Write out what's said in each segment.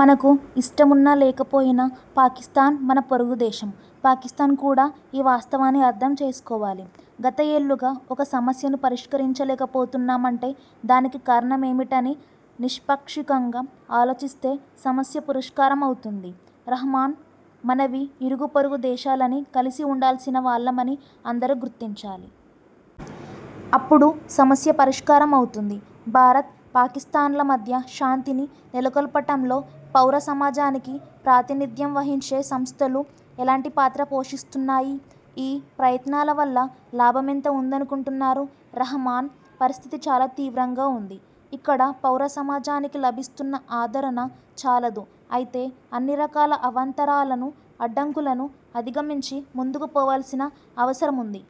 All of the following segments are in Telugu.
మనకు ఇష్టమున్నా లేకపోయినా పాకిస్థాన్ మన పొరుగు దేశం. పాకిస్థాన్ కూడా ఈ వాస్తవాన్ని అర్థం చేసుకోవాలి. గత ఏళ్లుగా ఒక సమస్యను పరిష్కరించలేపోతున్నామంటే- దానికి కారణమేమిటని నిష్పాక్షికంగా ఆలోచిస్తే సమస్య పరిష్కారమవుతుంది. రహమాన్: మనవి ఇరుగుపొరుగు దేశాలని కలిసి ఉండాల్సిన వాళ్లమని అందరూ గుర్తించాలి. అప్పుడు సమస్య పరిష్కారమవుతుంది. భారత్, పాకిస్థాన్ల మధ్య శాంతిని నెలకొల్పటంలో పౌర సమాజానికి ప్రాతినిధ్యం వహించే సంస్థలు ఎలాంటి పాత్ర పోషిస్తున్నాయి? ఈ ప్రయత్నాల వల్ల లాభమెంత ఉందనుకుంటున్నారు? రహమాన్: పరిస్థితి చాలా తీవ్రంగా ఉంది. ఇక్కడ పౌర సమాజానికి లభిస్తున్న ఆదరణ చాలదు. అయితే అన్ని రకాల అవాంతరాలను, అడ్డంకులను అధిగమించి ముందుకు పోవాల్సిన అవసరముంది.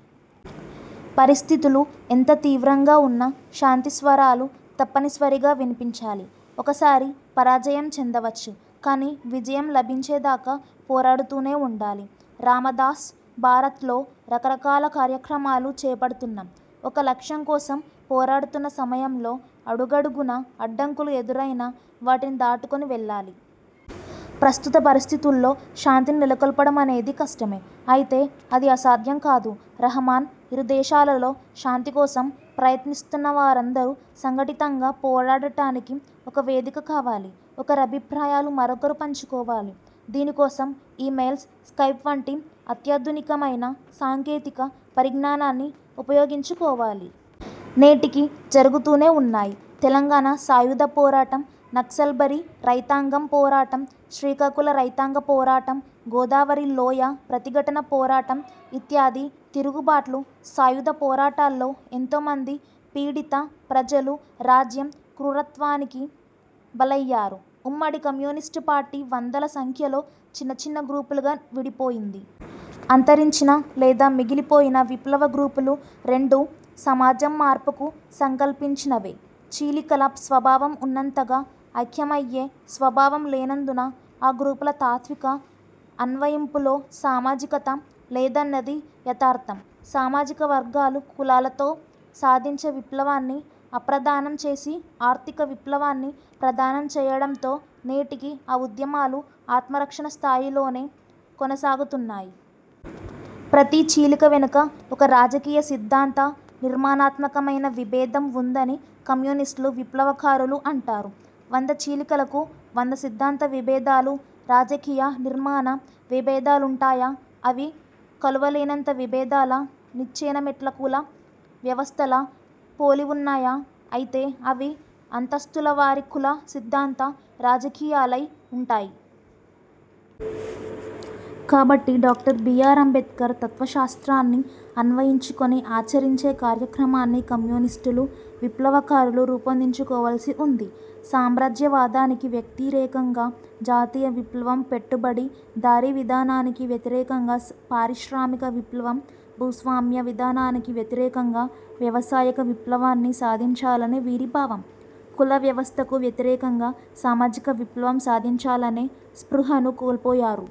పరిస్థితులు ఎంత తీవ్రంగా ఉన్నా- శాంతి స్వరాలు తప్పనిసరిగా వినిపించాలి. ఒక సారి పరాజయం చెందవచ్చు. కానీ విజయం లభించేదాకా పోరాడుతూనే ఉండాలి. రామదాస్: భారత్లో రకరకాల కార్యక్రమాలు చేపడుతున్నాం. ఒక లక్ష్యం కోసం పోరాడుతున్న సమయంలో అడుగడుగునా అడ్డంకులు ఎదురయినా వాటిని దాటుకొని వెళ్లాలి. ప్రస్తుత పరిస్థితుల్లో శాంతిని నెలకొల్పడమనేది కష్టమే. అయితే అది అసాధ్యం కాదు. రహమాన్: ఇరు దేశాలలో శాంతి కోసం ప్రయత్నిస్తున్నవారందరూ సంఘటితంగా పోరాడటానికి ఒక వేదిక కావాలి. ఒకరి అభిప్రాయాలు మరొకరు పంచుకోవాలి. దీని కోసం ఈ–మెయిల్స్, స్కైప్ వంటి అత్యాధునికమైన సాంకేతిక పరిజ్ఞానాన్ని ఉపయోగించుకోవాలి. నేటికీ జరుగుతూనే ఉన్నాయి. తెలంగాణ సాయుధ పోరాటం, నక్సల్బరీ రైతాంగం పోరాటం, శ్రీకాకుళ రైతాంగ పోరాటం, గోదావరి లోయ ప్రతిఘటన పోరాటం ఇత్యాది తిరుగుబాట్లు, సాయుధ పోరాటాల్లో ఎంతోమంది పీడిత ప్రజలు రాజ్యం క్రూరత్వానికి బలయ్యారు. ఉమ్మడి కమ్యూనిస్టు పార్టీ వందల సంఖ్యలో చిన్నచిన్న గ్రూపులుగా విడిపోయింది. అంతరించిన లేదా మిగిలిపోయిన విప్లవ గ్రూపులు రెండూ సమాజం మార్పుకు సంకల్పించినవే. చీలికల స్వభావం ఉన్నంతగా ఐక్యమయ్యే స్వభావం లేనందున ఆ గ్రూపుల తాత్విక అన్వయింపులో సామాజికత లేదన్నది యదార్థం. సామాజిక వర్గాలు, కులాలతో సాధించే విప్లవాన్ని అప్రధానం చేసి, ఆర్థిక విప్లవాన్ని ప్రధానం చేయడంతో నేటికీ ఆ ఉద్యమాలు ఆత్మరక్షణ స్థాయిలోనే కొనసాగుతున్నాయి. ప్రతి చీలిక వెనుక ఒక రాజకీయ, సిద్ధాంత, నిర్మాణాత్మకమైన విభేదం వుందని కమ్యూనిస్టులు విప్లవకారులు అంటారు. వంద చీలికలకు వంద సిద్ధాంత విభేదాలు, రాజకీయ, నిర్మాణ విభేదాలుంటాయా? అవి కలువలేనంత విభేదాలా? నిచ్చెనమెట్ల కుల వ్యవస్థలా పోలివున్నాయా? అయితే అవి అంతస్తుల వారి కుల సిద్ధాంత, రాజకీయాలై వుంటాయి! కాబట్టి డాక్టర్ బి. ఆర్. అంబేడ్కర్ తత్వశాస్త్రాన్ని అన్వయించుకుని, ఆచరించే కార్యక్రమాన్ని కమ్యూనిస్టులు, విప్లవకారులు రూపొందించుకోవాల్సి వుంది. సామ్రాజ్యవాదానికి వ్యతిరేకంగా జాతీయ విప్లవం, పెట్టుబడి దారీవిధానానికి వ్యతిరేకంగా పారిశ్రామిక విప్లవం, భూస్వామ్య విధానానికి వ్యతిరేకంగా వ్యవసాయక విప్లవాన్ని సాధించాలని వీరి భావం. కులవ్యవస్థకు వ్యతిరేకంగా సామాజిక విప్లవం సాధించాలనే స్పృహను కోల్పోయారు.